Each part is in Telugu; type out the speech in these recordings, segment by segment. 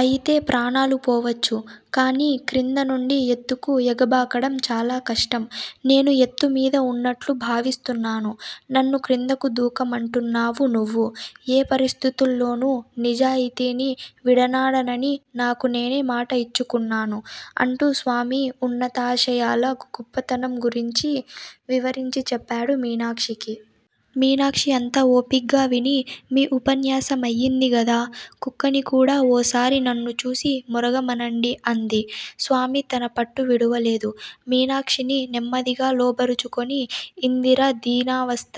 అయితే ప్రాణాలు పోవచ్చు. కాని క్రింద నుండి ఎత్తుకు ఎగబాకడం చాలా కష్టం. నేను ఎత్తుమీద ఉన్నట్లు భావిస్తున్నాను. నన్ను క్రిందకు దూకమంటున్నావు నువ్వు. ఏ పరిస్థితుల్లోనూ నిజాయితీని విడనాడనని నాకు నేనే మాట ఇచ్చుకున్నాను అంటూ స్వామి ఉన్నతాశయాల గొప్పతనం గురించి వివరించి చెప్పాడు మీనాక్షికి. మీనాక్షి అంతా ఓపిగ్గా విని- మీ ఉపన్యాసమయింది గదా-కుక్కని కూడా ఓసారి నన్ను చూసి మొరగమనండి అంది. స్వామి తన పట్టు విడువలేదు. మీనాక్షిని నెమ్మదిగా లోబరచుకొని ఇందిర దీనావస్థ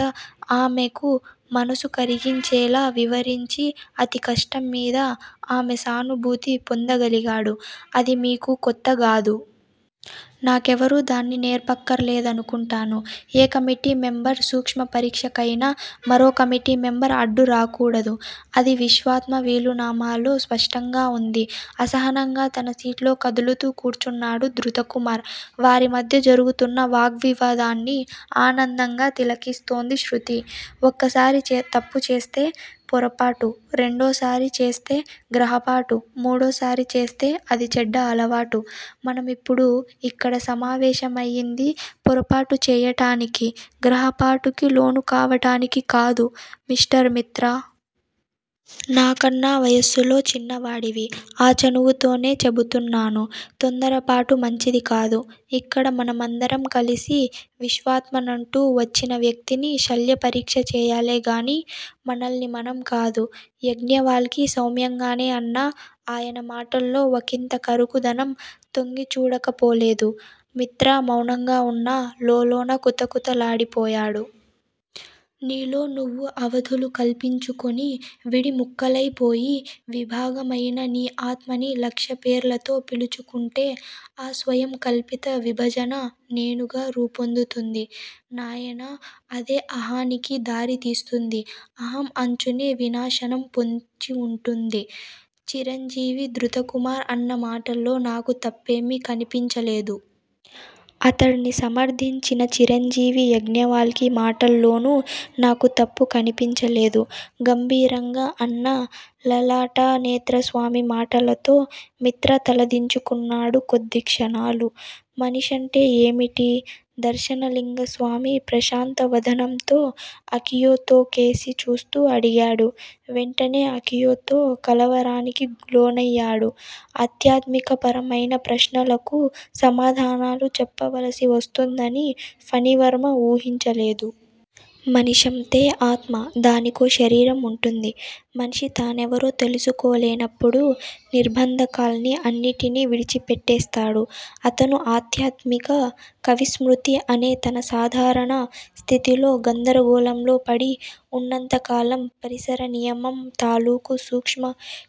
మెకు మనసు కరిగించేలా వివరించి, అతికష్టం మీద ఆమె సానుభూతి పొందగలిగాడు. అది మీకు కొత్తగాదు. నాకెవరూ దాన్ని నేర్పక్కర్లేదను కుంటాను. ఏ కమిటీ మెంబర్ సూక్ష్మ పరీక్షకయినా మరో కమిటీ మెంబర్ అడ్డు రాకూడదు. అది విశ్వాత్మ వీలునామాలో స్పష్టంగా వుంది అసహనంగా తన సీట్లో కదులుతూ కూర్చున్నాడు ధృతకుమార్. వారిమధ్య జరుగుతున్న వాగ్వివాదాన్ని ఆనందంగా తిలకిస్తోంది శృతి. ఒకసారి తప్పుచేస్తే పొరపాటు- రెండోసారి చేస్తే గ్రహపాటు- మూడోసారి చేస్తే అది చెడ్డ అలవాటు మనమిప్పుడు ఇక్కడ సమావేశమయింది పొరపాటు చేయటానికి, గ్రహపాటుకి లోనుకావటానికి కాదు మిస్టర్ మిత్రా. నాకన్నా వయస్సులో చిన్నవాడివి- ఆ చనువుతోనే చెబుతున్నాను. తొందరపాటు మంచిది కాదు. ఇక్కడ మనమందరం కలిసి విశ్వాత్మనంటూ వచ్చిన వ్యక్తిని శల్యపరీక్ష చేయాలేగాని మనల్ని మనంకాదు యజ్ఞవల్కి సౌమ్యంగానే అన్నా, ఆయన మాటల్లో ఒకింత కరుకుదనం తొంగిచూడక పోలేదు. మిత్రా మౌనంగా వున్నా, లోలోన కుతకుతలాడిపోయాడు. నీలో నువ్వు అవధులు కల్పించుకుని, విడి ముక్కలై పోయి, విభాగమయిన నీ ఆత్మని లక్షపేర్లతో పిలుచుకుంటే ఆ స్వయంకల్పిత విభజన 'నేను'గా రూపొందుతుంది నాయనా అదే అహానికి దారితీస్తుంది. అహం అంచునే వినాశనం పొంచి వుంటుంది. చిరంజీవి ధృతకుమార్ అన్న మాటల్లో నాకు తప్పేమీ కనిపించలేదు. అతడ్ని సమర్ధించిన చిరంజీవి యజ్ఞవల్కి మాటల్లోనూ నాకు తప్పు కనిపించలేదు గంభీరంగా అన్న లలాటనేత్రస్వామి మాటలతో మిత్రా తలదించుకున్నాడు కొద్దిక్షణాలు. మనిషంటే ఏమిటి? దర్శనలింగస్వామి ప్రశాంత వదనంతో అకియోతోకేసి చూస్తూ అడిగాడు. వెంటనే అకియోతో కలవరానికి లోనయ్యాడు- ఆధ్యాత్మికపరమైన ప్రశ్నలకు సమాధానాలు చెప్పవలసి వస్తుందని ఫణివర్మ వూహించలేదు. మనిషంతే ఆత్మ. దానికో శరీరం వుంటుంది. మనిషి తానెవరో తెలుసుకోలేనప్పుడు నిర్భంధకాల్ని అన్నిటినీ విడిచిపెట్టేస్తాడు. అతను ఆధ్యాత్మిక కవిస్మృతి అనే తన సాధారణ స్థితిలో గందరగోళంలో పడి వున్నంత కాలం పరిసర నియమం తాలూకు సూక్ష్మ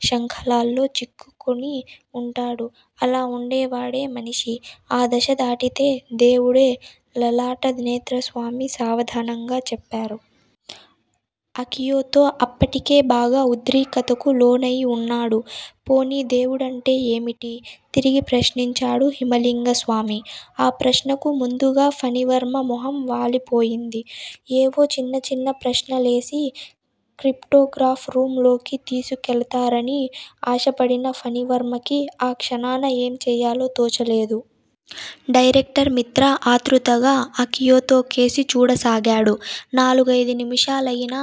శృంఖలాల్లో చిక్కుకొనే వుంటాడు. అలా వుండేవాడే మనిషి- ఆ దశ దాటితే దేవుడే లలాటనేత్రస్వామి సావధానంగా చెప్పారు. అకియోతో అప్పటికే బాగా ఉద్రిక్తతకు లోనయి వున్నాడు. పోనీ దేవుడంటే ఏమిటి? తిరిగి ప్రశ్నించాడు హిమలింగస్వామి. ఆ ప్రశ్నకు ముందుగా ఫణివర్మ మొహం వాలిపోయింది. ఏవో చిన్న చిన్న ప్రశ్నలేసి, క్రిప్టోగ్రాఫ్ రూమ్ లోకి తీసుకెళతారని ఆశపడిన ఫణివర్మకి ఆ క్షణాన ఏం చేయాలో తోచలేదు. డైరెక్టర్ మిత్రా ఆత్రుతగా అకియోతోకేసి చూడసాగాడు. నాలుగైదు నిమిషాలయినా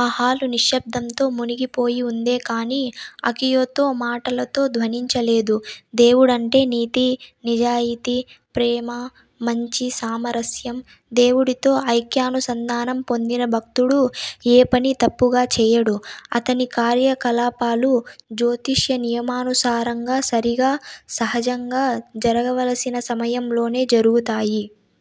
ఆ హాలు నిశ్శబ్దంతో మునిగిపోయి వుందేకాని, అకియోతో మాటలతో ధ్వనించలేదు. దేవుడంటే నీతి-నిజాయితీ-ప్రేమ-మంచి-సామరస్యం. దేవుడితో ఐక్యానుసంధానం పొందిన భక్తుడు ఏ పనీ తప్పుగా చేయడు. అతని కార్యకలాపాలు జ్యోతిష నియమానుసారంగా, సరిగా, సహజంగా జరగవలసిన సమయంలోనే జరుగుతాయి.